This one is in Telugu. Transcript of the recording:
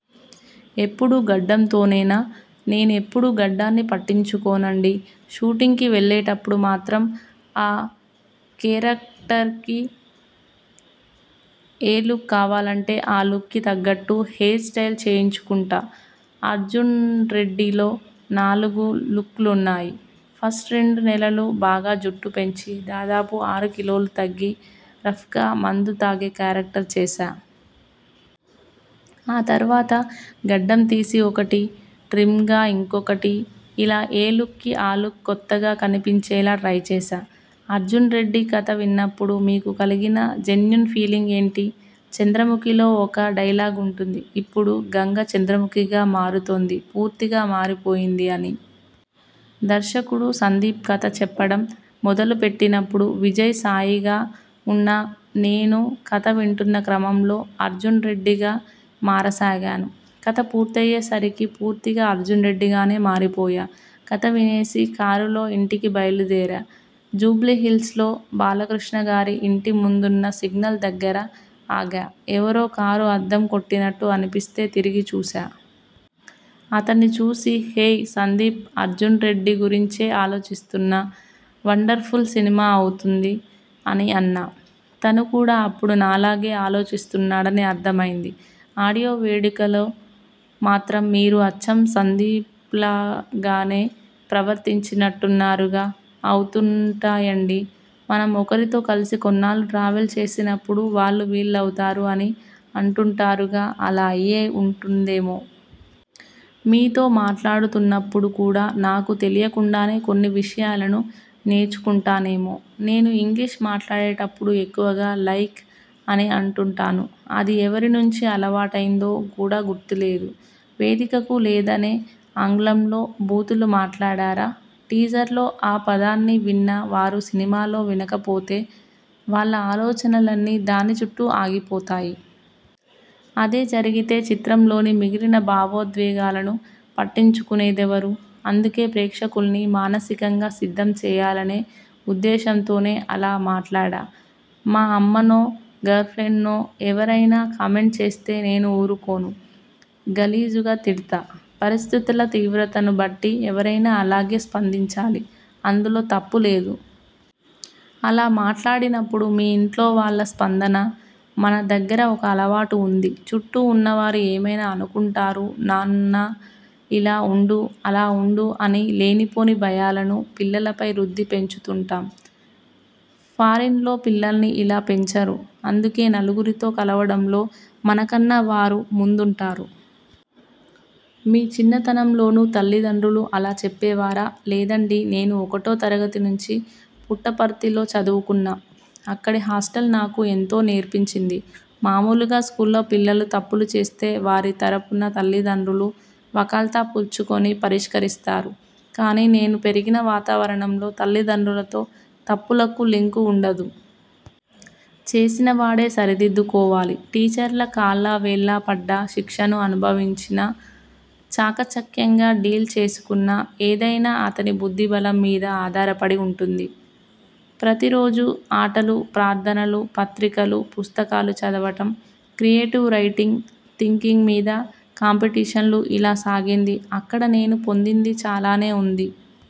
ఎప్పుడూ గడ్డంతోనేనా?. నేను ఎప్పుడూ గడ్డాన్ని పట్టించుకోనండీ. షూటింగ్కి వెళ్లేటప్పుడు మాత్రం ఆ కేరక్టర్కి ఏ లుక్ కావాలంటే ఆ లుక్కి తగ్గట్టు హెయిర్ స్టైల్ చేయించుకుంటా. 'అర్జున్రెడ్డి'లో నాలుగు లుక్కులున్నాయి. ఫస్ట్ రెండు నెలలు బాగా జుట్టు పెంచి, దాదాపు ఆరు కిలోలు తగ్గి రఫ్గా మందు తాగే కేరక్టర్ చేశా. ఆ తర్వాత గడ్డం తీసి ఒకటి, ట్రిమ్గా ఇంకోటి ఇలా ఏ లుక్కి ఆ లుక్ కొత్తగా కనిపించేలా ట్రై చేశా. 'అర్జున్రెడ్డి' కథ విన్నప్పుడు మీకు కలిగిన జెన్యూన్ ఫీలింగ్ ఏంటి? 'చంద్రముఖి'లో ఒక డైలాగ్ ఉంటుంది 'ఇప్పుడు గంగ చంద్రముఖిగా మారుతోంది పూర్తిగా మారిపోయింది ' అని! దర్శకుడు సందీప్ కథ చెప్పడం మొదలుపెట్టినప్పుడు విజయ్ సాయిగా ఉన్న నేను కథ వింటున్న క్రమంలో అర్జున్రెడ్డిగా మారసాగాను. కథ పూర్తయ్యే సరికి పూర్తిగా 'అర్జున్రెడ్డి'గానే మారిపోయా. కథ వినేసి కారులో ఇంటికి బయలుదేరా. జూబ్లీహిల్స్లో బాలకృష్ణగారి ఇంటి ముందున్న సిగ్నల్ దగ్గర ఆగా. ఎవరో కారు అద్దం కొట్టినట్టు అనిపిస్తే తిరిగి చూశా. అతన్ని చూసి 'హేయ్ సందీప్ అర్జున్రెడ్డి గురించే ఆలోచిస్తున్నా. వండర్ఫుల్ సినిమా అవుతుంది' అని అన్నా. తను కూడా అప్పుడు నాలాగే ఆలోచిస్తున్నాడని అర్థమైంది. ఆడియో వేడుకలో మాత్రం మీరు అచ్చం సందీప్లాగానే ప్రవర్తించినట్టున్నారుగా? అవుతుంటాయండీ మనం ఒకరితో కలిసి కొన్నాళ్లు ట్రావెల్ చేసినప్పుడు వాళ్లు వీళ్లవుతారు అని అంటుంటారుగా అలా అయ్యే ఉంటుందేమో. మీతో మాట్లాడుతున్నప్పుడు కూడా నాకు తెలియకుండానే కొన్ని విషయాలను నేర్చుకుంటానేమో. నేను ఇంగ్లిష్ మాట్లాడేటప్పుడు ఎక్కువగా 'లైక్' అని అంటుంటాను. అది ఎవరి నుంచి అలవాటైందో కూడా గుర్తులేదు. వేదికకు లేదనే ఆంగ్లంలో బూతులు మాట్లాడారా? టీజర్లో 'ఆ' పదాన్ని విన్న వారు సినిమాలో వినక పోతే వాళ్ల ఆలోచనలన్నీ దాని చుట్టూ ఆగిపోతాయి. అదే జరిగితే చిత్రంలోని మిగిలిన భావోద్వేగాలను పట్టించుకునేదెవరు? అందుకే ప్రేక్షకుల్ని మానసికంగా సిద్ధం చేయాలనే ఉద్దేశంతోనే అలా మాట్లాడా. మా అమ్మనో, గర్ల్ఫ్రెండ్నో ఎవరైనా కామెంట్ చేస్తే నేను ఊరుకోను. గలీజుగ తిడ్తా. పరిస్థితుల తీవ్రతను బట్టి ఎవరైనా అలాగే స్పందించాలి. అందులో తప్పు లేదు. అలా మాట్లాడినప్పుడు మీ ఇంట్లో వాళ్ల స్పందన? మన దగ్గర ఒక అలవాటు ఉంది 'చుట్టూ ఉన్నవారు ఏమైనా అనుకుంటారు నాన్నా ఇలా ఉండు, అలా ఉండు' అని లేనిపోని భయాలను పిల్లలపై రుద్ది పెంచుతుంటాం. ఫారిన్లో పిల్లల్ని ఇలా పెంచరు. అందుకే నలుగురితో కలవడంలో మనకన్నా వారు ముందుంటారు. మీ చిన్నతనంలోనూ తల్లిదండ్రులు అలా చెప్పేవారా? లేదండీ. నేను ఒకటో తరగతి నుంచి పుట్టపర్తిలో చదువుకున్నా. అక్కడి హాస్టల్ నాకు ఎంతో నేర్పించింది. మామూలుగా స్కూల్లో పిల్లలు తప్పులు చేస్తే, వారి తరఫున తల్లిదండ్రులు వకాల్తా పుచ్చుకుని పరిష్కరిస్తారు. కానీ నేను పెరిగిన వాతావరణంలో తల్లిదండ్రులతో తప్పులకు లింకు ఉండదు. చేసిన వాడే సరిదిద్దుకోవాలి. టీచర్ల కాళ్లావేళ్లా పడ్డా, శిక్షను అనుభవించినా, చాకచక్యంగా డీల్ చేసుకున్నా ఏదైనా అతని బుద్ధిబలం మీద ఆధారపడి ఉంటుంది. ప్రతిరోజూ ఆటలు, ప్రార్థనలు, పత్రికలు, పుస్తకాలు చదవడం, క్రియేటివ్ రైటింగ్ థింకింగ్ మీద కాంపిటీషన్లు ఇలా సాగింది అక్కడ నేను పొందింది చాలానే ఉంది.